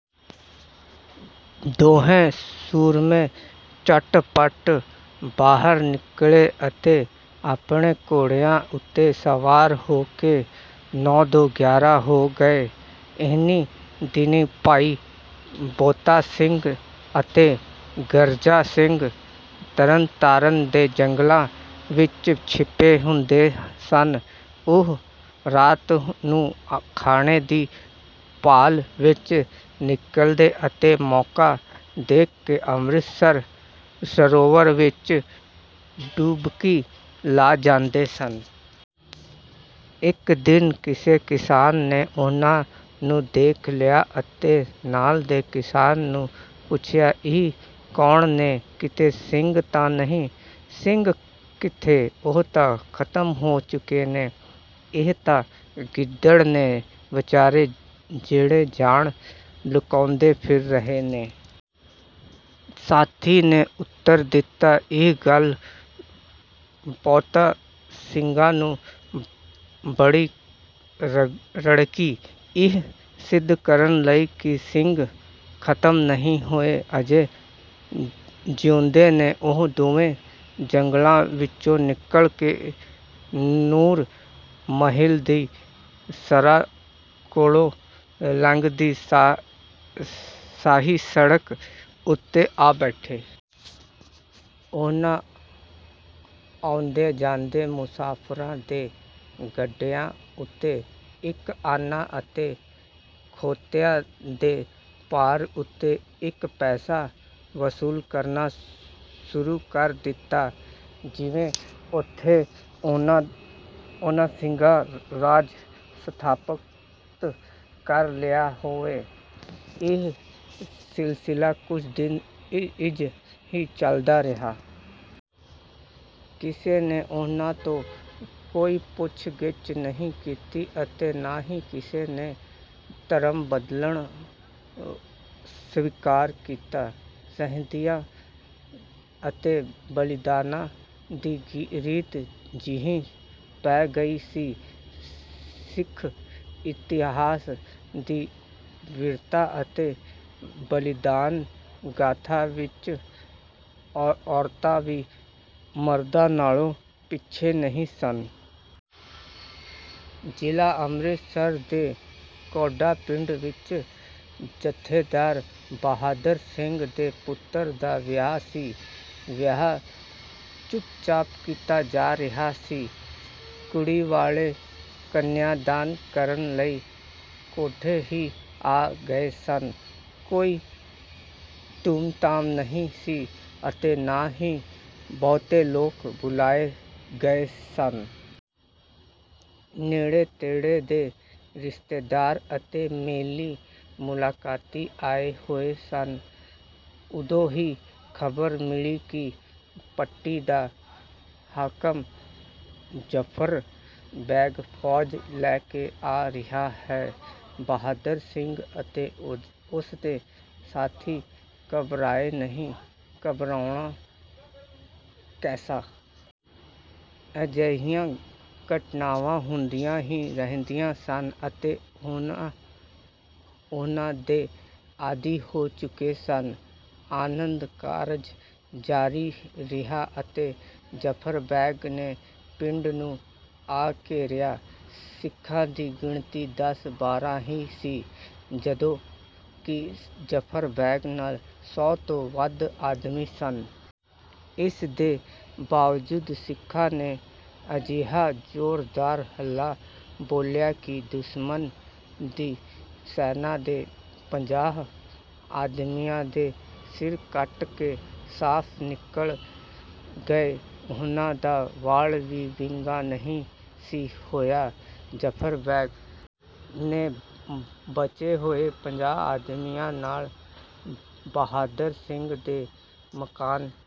ਦੋਹੇਂ ਸੂਰਮੇ ਝਟਪਟ ਬਾਹਰ ਨਿਕਲੇ ਅਤੇ ਆਪਣੇ ਘੋੜਿਆਂ ਉੱਤੇ ਸਵਾਰ ਹੋ ਕੇ ਨੌਂ ਦੋ ਗਿਆਰਾਂ ਹੋ ਗਏ। ਇਹਨੀਂ ਦਿਨੀਂ ਭਾਈ ਬੋਤਾ ਸਿੰਘ ਅਤੇ ਗਰਜਾ ਸਿੰਘ ਤਰਨਤਾਰਨ ਦੇ ਜੰਗਲਾਂ ਵਿੱਚ ਛਿਪੇ ਹੋਏ ਸਨ। ਉਹ ਰਾਤ ਨੂੰ ਖਾਣੇ ਦੀ ਭਾਲ ਵਿੱਚ ਨਿਕਲਦੇ ਅਤੇ ਮੌਕਾ ਦੇਖ ਕੇ ਅੰਮ੍ਰਿਤਸਰ ਸਰੋਵਰ ਵਿੱਚ ਡੁਬਕੀ ਲਾ ਜਾਂਦੇ ਸਨ। ਇੱਕ ਦਿਨ ਕਿਸੇ ਕਿਸਾਨ ਨੇ ਉਹਨਾਂ ਨੂੰ ਦੇਖ ਲਿਆ ਅਤੇ ਨਾਲ ਦੇ ਕਿਸਾਨ ਨੂੰ ਪੁੱਛਿਆ, "ਇਹ ਕੌਣ ਨੇ? ਕਿਤੇ ਸਿੰਘ ਤਾਂ ਨਹੀਂ?" "ਸਿੰਘ ਕਿੱਥੇ? ਉਹ ਤਾਂ ਖ਼ਤਮ ਹੋ ਚੁੱਕੇ ਨੇ, ਇਹ ਤਾਂ ਗਿੱਦੜ ਨੇ ਵਿਚਾਰੇ ਜਿਹੜੇ ਜਾਨ ਲੁਕਾਂਦੇ ਫਿਰ ਰਹੇ ਨੇ।" ਸਾਥੀ ਨੇ ਉੱਤਰ ਦਿੱਤਾ। ਇਹ ਗੱਲ ਬੋਤਾ ਸਿੰਘ ਨੂੰ ਬੜੀ ਰੜਕੀ। ਇਹ ਸਿੱਧ ਕਰਨ ਲਈ ਕਿ ਸਿੰਘ ਖ਼ਤਮ ਨਹੀਂ ਹੋਏ, ਅਜੇ ਜਿਉਂਦੇ ਨੇ, ਉਹ ਦੋਵੇਂ ਜੰਗਲਾਂ ਵਿੱਚੋਂ ਨਿਕਲ ਕੇ ਨੂਰ ਮਹਿਲ ਦੀ ਸਰਾਂ ਕੋਲੋਂ ਲੰਘਦੀ ਸ਼ਾਹੀ ਸੜਕ ਉੱਤੇ ਆ ਬੈਠੇ। ਉਹਨਾਂ ਆਉਂਦੇ-ਜਾਂਦੇ ਮੁਸਾਫਰਾਂ ਦੇ ਗੱਡਿਆਂ ਉੱਤੇ ਇੱਕ ਆਨਾ ਅਤੇ ਖੋਤਿਆਂ ਦੇ ਭਾਰ ਉੱਤੇ ਇੱਕ ਪੈਸਾ ਵਸੂਲ ਕਰਨਾ ਸ਼ੁਰੂ ਕਰ ਦਿੱਤਾ, ਜਿਵੇਂ ਉੱਥੇ ਉਹਨਾਂ ਸਿੱਖ ਰਾਜ ਸਥਾਪਤ ਕਰ ਲਿਆ ਹੋਵੇ। ਇਹ ਸਿਲਸਿਲਾ ਕੁਝ ਦਿਨ ਇੰਜ ਹੀ ਚੱਲਦਾ ਰਿਹਾ। ਕਿਸੇ ਨੇ ਉਹਨਾਂ ਤੋਂ ਕੋਈ ਪੁੱਛ-ਗਿੱਛ ਨਹੀਂ ਕੀਤੀ ਅਤੇ ਨਾ ਹੀ ਕਿਸੇ ਨੇ ਧਰਮ ਬਦਲਣਾ ਸਵੀਕਾਰ ਕੀਤਾ। ਸ਼ਹੀਦੀਆਂ ਅਤੇ ਬਲੀਦਾਨਾਂ ਦੀ ਰੀਤ ਜਿਹੀ ਪੈ ਗਈ ਸੀ। ਸਿੱਖ ਇਤਿਹਾਸ ਦੀ ਵੀਰਤਾ ਅਤੇ ਬਲੀਦਾਨ ਗਾਥਾ ਵਿੱਚ ਔਰਤਾਂ ਵੀ ਮਰਦਾਂ ਨਾਲੋਂ ਪਿੱਛੇ ਨਹੀਂ ਸਨ। ਜ਼ਿਲ੍ਹਾ ਅੰਮ੍ਰਿਤਸਰ ਦੇ ਕੌਂਡਾ ਪਿੰਡ ਵਿੱਚ ਜਥੇਦਾਰ ਬਹਾਦਰ ਸਿੰਘ ਦੇ ਪੁੱਤਰ ਦਾ ਵਿਆਹ ਸੀ। ਵਿਆਹ ਚੁੱਪ-ਚਾਪ ਕੀਤਾ ਜਾ ਰਿਹਾ ਸੀ। ਕੁੜੀ ਵਾਲੇ ਕੰਨਿਆਂ ਦਾਨ ਕਰਨ ਲਈ ਕੌਂਡੇ ਹੀ ਆ ਗਏ ਸਨ। ਕੋਈ ਧੂਮ-ਧਾਮ ਨਹੀਂ ਸੀ ਅਤੇ ਨਾ ਹੀ ਬਹੁਤੇ ਲੋਕ ਬੁਲਾਏ ਗਏ ਸਨ। ਨੇੜੇ-ਤੇੜੇ ਦੇ ਰਿਸ਼ਤੇਦਾਰ ਅਤੇ ਮੇਲੀ-ਮੁਲਾਕਾਤੀ ਆਏ ਹੋਏ ਸਨ। ਉਦੋਂ ਹੀ ਖ਼ਬਰ ਮਿਲੀ ਕਿ ਪੱਟੀ ਦਾ ਹਾਕਮ ਜ਼ਫ਼ਰ ਬੇਗ਼ ਫੌਜ ਲੈ ਕੇ ਆ ਰਿਹਾ ਹੈ। ਬਹਾਦਰ ਸਿੰਘ ਅਤੇ ਉਸਦੇ ਸਾਥੀ ਘਬਰਾਏ ਨਹੀਂ। ਘਬਰਾਉਣਾ ਕੈਸਾ? ਅਜਿਹੀਆਂ ਘਟਨਾਵਾਂ ਹੁੰਦੀਆਂ ਹੀ ਰਹਿੰਦੀਆਂ ਸਨ ਅਤੇ ਉਹ ਉਹਨਾਂ ਦੇ ਆਦੀ ਹੋ ਚੁੱਕੇ ਸਨ। ਆਨੰਦ ਕਾਰਜ ਜਾਰੀ ਰਿਹਾ ਅਤੇ ਜ਼ਫ਼ਰ ਬੇਗ਼ ਨੇ ਪਿੰਡ ਨੂੰ ਆ ਘੇਰਿਆ। ਸਿੱਖਾਂ ਦੀ ਗਿਣਤੀ ਦਸ-ਬਾਰਾਂ ਹੀ ਸੀ ਜਦੋਂ ਕਿ ਜ਼ਫ਼ਰ ਬੇਗ਼ ਨਾਲ ਸੌ ਤੋਂ ਵੱਧ ਆਦਮੀ ਸਨ। ਇਸ ਦੇ ਬਾਵਜੂਦ ਸਿੱਖਾਂ ਨੇ ਅਜਿਹਾ ਜ਼ੋਰਦਾਰ ਹੱਲਾ ਬੋਲਿਆ ਕਿ ਦੁਸ਼ਮਨ ਦੀ ਸੈਨਾ ਦੇ ਪੰਜਾਹ ਆਦਮੀਆਂ ਦੇ ਸਿਰ ਕੱਟ ਕੇ ਸਾਫ਼ ਨਿਕਲ ਗਏ। ਉਹਨਾਂ ਦਾ ਵਾਲ ਵੀ ਵਿੰਗਾ ਨਹੀਂ ਸੀ ਹੋਇਆ। ਜ਼ਫ਼ਰ ਬੇਗ਼ ਨੇ ਬਚੇ ਹੋਏ ਪੰਜਾਹ ਆਦਮੀਆਂ ਨਾਲ ਬਹਾਦਰ ਸਿੰਘ ਦੇ ਮਕਾਨ